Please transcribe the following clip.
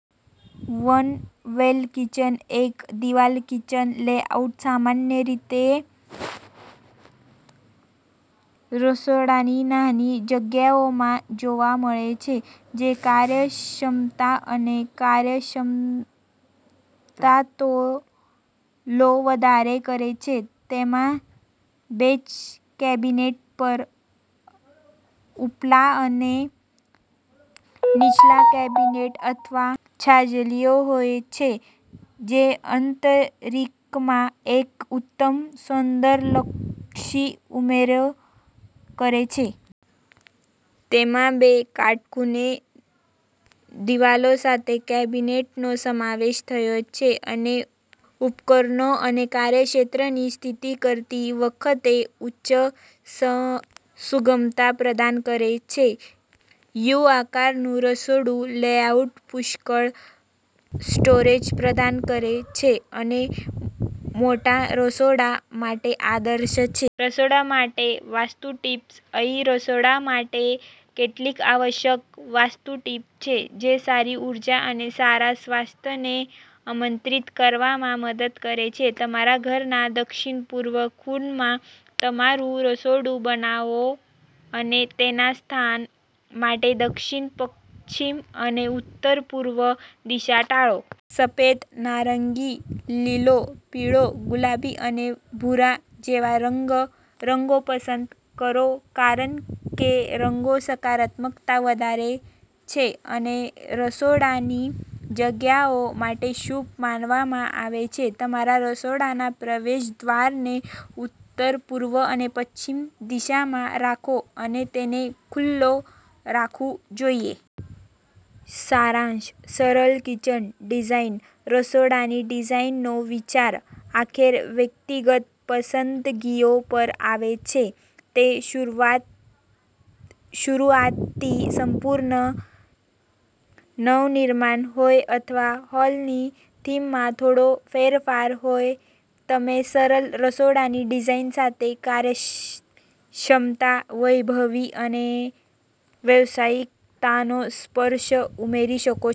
One-wall kitchen એક-દિવાલ kitchen layout સામાન્ય રીતે રસોડાની નાની જગ્યાઓમાં જોવા મળે છે જે કાર્યક્ષમતા અને કાર્યક્ષમતામાં વધારો કરે છે. તેમાં બેઝ કેબિનેટ પર ઉપલા અને નીચલા કેબિનેટ અથવા છાજલીઓ છે, જે આંતરિકમાં એક ઉત્તમ સૌંદર્યલક્ષી ઉમેરે છે. તેમાં બે કાટખૂણે દિવાલો સાથે કેબિનેટનો સમાવેશ થાય છે અને ઉપકરણો અને કાર્યક્ષેત્રની સ્થિતિ કરતી વખતે ઉચ્ચ સુગમતા પ્રદાન કરે છે. યુ-આકારનું રસોડુંલેઆઉટ પુષ્કળ સ્ટોરેજ પ્રદાન કરે છે અને મોટા રસોડા માટે આદર્શ છે. રસોડા માટે વાસ્તુ ટિપ્સ અહીં રસોડા માટે કેટલીક આવશ્યક વાસ્તુ ટિપ્સ છે જે સારી ઉર્જા અને સારા સ્વાસ્થ્યને આમંત્રિત કરવામાં મદદ કરે છેતમારા ઘરના દક્ષિણ-પૂર્વ ખૂણામાં તમારું રસોડું બનાવો અને તેના સ્થાન માટે દક્ષિણ-પશ્ચિમ અને ઉત્તર-પૂર્વ દિશા ટાળો. સફેદ, નારંગી, લીલો, પીળો, ગુલાબી અને ભૂરા જેવા રંગો પસંદ કરો કારણ કેરંગો સકારાત્મકતા વધારે છે અને રસોડાની જગ્યાઓ માટે શુભ માનવામાં આવે છે. તમારા રસોડાના પ્રવેશદ્વારને ઉત્તર, પૂર્વ અને પશ્ચિમ દિશામાં રાખો અને તેને ખુલ્લું રાખવું જોઈએ. સારાંશસરળ કિચન ડિઝાઇન્સ રસોડાની ડિઝાઇનનો વિચાર આખરે વ્યક્તિગત પસંદગીઓ પર આવે છે. તે શરૂઆતથી સંપૂર્ણ નવનિર્માણ હોય અથવા હાલની થીમમાં થોડા ફેરફારો હોય, તમેસરળ રસોડાની ડિઝાઇન સાથે કાર્યક્ષમતા, વૈભવી અને વ્યાવસાયિકતાનો સ્પર્શ ઉમેરી શકો છો.